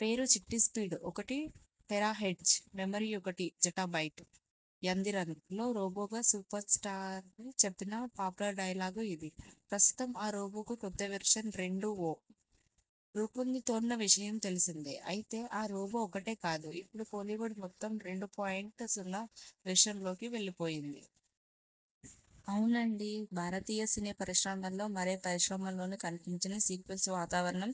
పేరు చిట్టి స్పీడ్ ఒకటి terahertz, memory ఒకటి జెటాబైట్'యందిరన్'లో రోబోగా సూపర్స్టార్ చెప్పిన పాపులర్ డైలాగు ఇది. ప్రస్తుతం ఆ రోబోకు కొత్త వెర్షన్ 'రెండు.ఓ' రూపొందుతోన్న విషయం తెలిసిందే. అయితే ఆ రోబో ఒక్కటే కాదు, ఇప్పుడు కోలీవుడ్ మొత్తం రెండు పాయింట్ సున్నా వెర్షన్లోకి వెళ్లిపోయింది. అవునండి, భారతీయ సినీ పరిశ్రమలో మరే పరిశ్రమలోనూ కనిపించని సీక్వెల్స్ వాతావరణం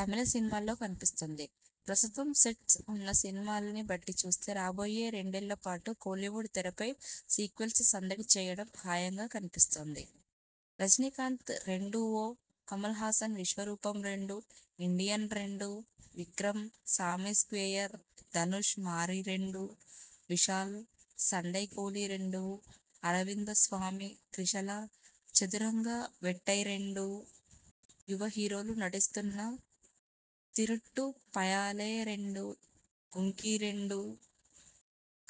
తమిళ సినిమాలో కనిపిస్తోంది. ప్రస్తుతం సెట్స్ ఉన్న సినిమాల్ని బట్టి చూస్తే రాబోయే రెండేళ్లపాటు కోలీవుడ్ తెరపై సీక్వెల్స్ సందడి చేయడం ఖాయంగా కనిపిస్తోంది. రజనీకాంత్ 'రెండు.ఓ', కమల్హాసన్ 'విశ్వరూపం-రెండు', 'ఇండియన్-రెండు', విక్రమ్ 'సామి స్క్వేయర్', ధనుష్ 'మారిరెండు' విశాల్ 'సండైకోళిరెండు', అరవింద్స్వామి త్రిషల 'చదురంగవేట్టైరెండు', యువ హీరోలు నటిస్తున్న 'తిరుట్టుపయలేరెండు', 'గుంకీరెండు',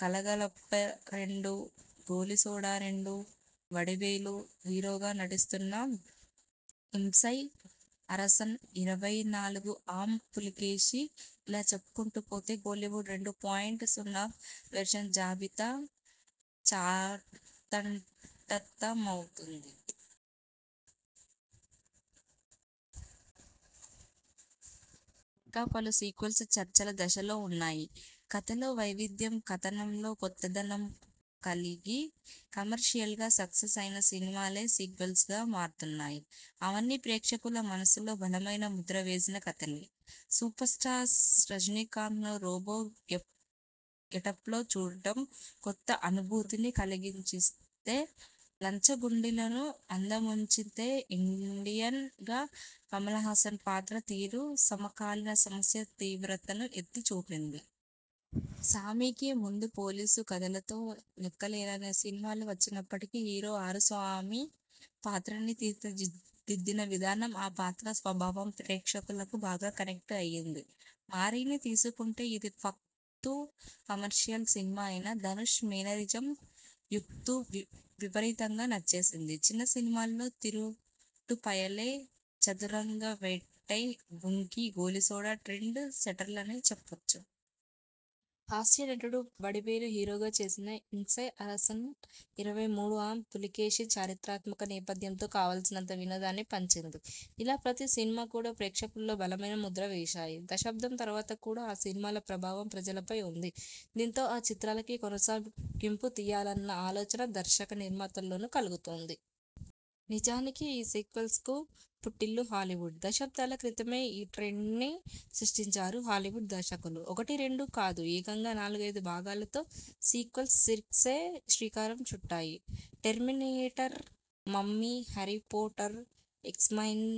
'కలగలప్పురెండు', 'గోలీసోడారెండు', వడివేలు హీరోగా నటిస్తున్న 'ఇంసై అరసన్ ఇరవై నాలుగు ఆమ్ పులికేశి'ఇలా చెప్పుకుంటూ పోతే కోలీవుడ్ రెండు పాయింట్ సున్నా వెర్షన్ జాబితా చాంతాడమవుతుంది. ఇంకా పలు సీక్వెల్స్ చర్చల దశలో ఉన్నాయి. కథలో వైవిధ్యం, కథనంలో కొత్త దనం కలిగి కమర్షియల్గా సక్సెస్ అయిన సినిమాలే సీక్వెల్స్గా మారుతున్నాయి. అవన్నీ ప్రేక్షకుల మనసులో బలమైన ముద్ర వేసిన కథలే. సూపర్స్టార్ రజనీకాంత్ను రోబో గెటప్లో చూడడం కొత్త అనుభూతిని కలిగించిస్తే, లంచగొండిలను అందమొందించే 'ఇండియన్'గా కమల్హాసన్ పాత్ర తీరు సమకాలీన సమస్య తీవ్రతను ఎత్తి చూపింది. 'సామి'కి ముందు పోలీసు కథలతో లెక్కలేనన్ని సినిమాలు వచ్చినప్పటికీ, హీరో ఆరుస్వామి పాత్రని తీర్చిదిద్దిన విధానం, ఆ పాత్ర స్వభావం ప్రేక్షకులకు బాగా కనెక్ట్ అయ్యింది. 'మారి'ని తీసుకుంటేఇది ఫక్తు కమర్షియల్ సినిమా అయినా, ధనుష్ మేనరిజం యూత్కు విపరీతంగా నచ్చేసింది. చిన్న సినిమాల్లో 'తిరుట్టుపయలే', 'చదురంగవేట్టై', 'గుంకీ', 'గోలీసోడా' ట్రెండ్ సెట్టర్లనే చెప్పొచ్చు. హాస్యనటుడు వడివేలు హీరోగా చేసిన 'ఇంసై అరసన్ ఇరవై మూడుఆమ్ పులికేశి' చారిత్రాత్మక నేపథ్యంతో కావాల్సినంత వినోదాన్ని పంచిది. ఇలా ప్రతి సినిమా కూడా ప్రేక్షకుల్లో బలమైన ముద్ర వేశాయి. దశాబ్దం తరువాత కూడా ఆ సినిమాల ప్రభావం ప్రజలపై ఉంది. దీంతో ఆ చిత్రాలకి కొనసాగింపు తీయాలన్న ఆలోచన దర్శక, నిర్మాతల్లోను కలుగుతోంది. నిజానికి ఈ సీక్వెల్స్కు పుట్టిల్లు హాలీవుడ్. దశాబ్దాల క్రితమే ఈ ట్రెండ్ని సృష్టించారు హాలీవుడ్ దర్శకులు. ఒకటి, రెండు కాదుఏకంగా నాలుగైదు భాగాలతో సీక్వెల్స్ సిరీస్కే శ్రీకారం చుట్టారు. 'Terminator', 'Mummy', 'Harry Potter', 'X Men',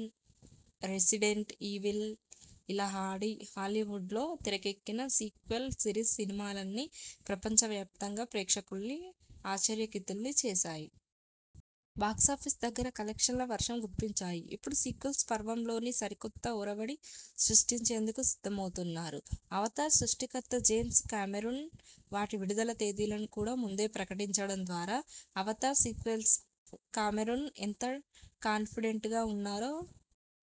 'Resident ఈవిల్'ఇలా హాలీవుడ్లో తెరకెక్కిన సీక్వెల్ సిరీస్ సినిమాలన్నీ ప్రపంచవ్యాప్తంగా ప్రేక్షకుల్ని ఆశ్చర్యకితుల్ని చేశాయి. బాక్సాఫీస్ దగ్గర కలెక్షన్ల వర్షం గుప్పించాయి. ఇప్పుడు సీక్వెల్స్ పర్వంలోనే సరికొత్త ఒరవడి సృష్టించేందుకు సిద్ధమవుతున్నారు 'అవతార్' సృష్టికర్త జేమ్స్ కామెరూన్. వాటి విడుదల తేదీలను కూడా ముందే ప్రకటించడం ద్వారా 'అవతార్' సీక్వెల్స్ కామెరూన్ ఎంత కాన్ఫిడెంట్గా ఉన్నారో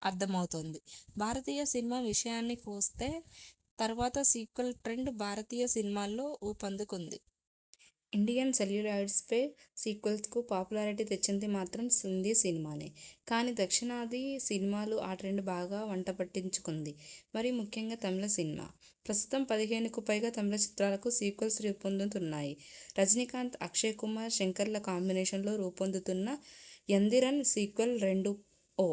అర్ధమవుతుంది. భారతీయ సినిమా విషయాని కొస్తే తరువాత సీక్వెల్ ట్రెండ్ భారతీయ సినిమాలో ఊపందుకుంది. ఇండియన్ సెల్యులాయిడ్పై సీక్వెల్స్కు పాపులారిటీ తెచ్చింది మాత్రం హిందీ సినిమానే. కానీ, దక్షిణాది సినిమా ఆ ట్రెండ్ బాగా వంటబట్టించుకుంది మరీ ముఖ్యంగా తమిళ సినిమా. ప్రస్తుతం పదిహేనుకుపైగా తమిళ చిత్రాలకి సీక్వెల్స్ రూపొందుతున్నాయి. రజనీకాంత్, అక్షయ్ కుమార్, శంకర్ల కాంబినేషన్లో రూపొందుతున్న 'యందిరన్' సీక్వెల్ 'రెండు.ఓ'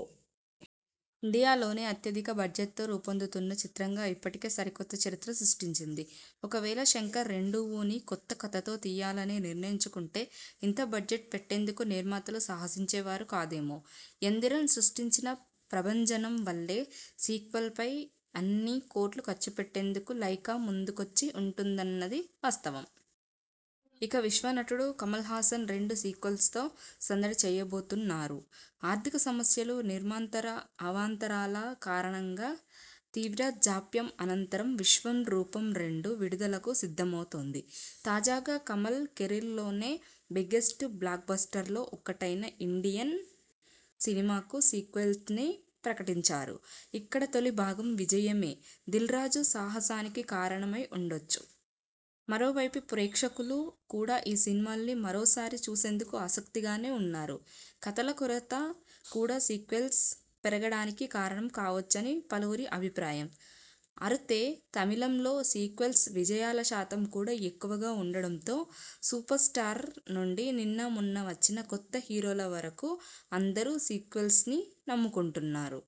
ఇండియాలోనే అత్యధిక బడ్జెట్ తో రూపొందుతున్న చిత్రంగా ఇప్పటికే సరికొత్త చరిత్ర సృష్టించింది. ఒకవేళ శంకర్ 'రెండు.ఓ'ని కొత్త కథతో తీయాలని నిర్ణయించుకుంటే ఇంత బడ్జెట్ పెట్టేందుకు నిర్మాతలు సాహసించేవారు కాదేమో. 'యందిరన్' సృష్టించిన ప్రభంజనం వల్లే సీక్వెల్పై అన్ని కోట్లు ఖర్చుపెట్టేందుకు లైకా ముందుకొచ్చి ఉంటుందన్నది వాస్తవం. ఇక విశ్వనటుడు కమల్హాసన్ రెండు సీక్వెల్స్తో సందడి చేయబోతున్నారు. ఆర్ధిక సమస్యలు, నిర్మాణాంతర అవాంతరాల కారణంగా తీవ్ర జాప్యం అనంతరం 'విశ్వరూపంరెండు' విడుదలకు సిద్ధమవుతోంది. తాజాగా కమల్ కెరీర్లోనే బిగ్గెస్ట్ బ్లాక్బస్టర్లలో ఒకటైన 'ఇండియన్' సినిమాకు సీక్వెల్నీ ప్రకటించారు. ఇక్కడా తొలి భాగం విజయమే దిల్రాజు సాహసానికి కారణమై ఉండొచ్చు. మరోవైపు ప్రేక్షకులు కూడా ఈ సినిమాల్ని మరోసారి చూసేందుకు ఆసక్తిగానే ఉన్నారు. కథల కొరత కూడా సీక్వెల్స్ పెరగడానికి కారణం కావొచ్చని పలువురి అభిప్రాయం. అరుతే తమిళంలో సీక్వెల్స్ విజయాల శాతం కూడా ఎక్కువగా ఉండడంతో సూపర్స్టార్ నుండి నిన్న మొన్న వచ్చిన కొత్త హీరోల వరకు అందరూ సీక్వెల్స్నే నమ్ముకుంటున్నారు.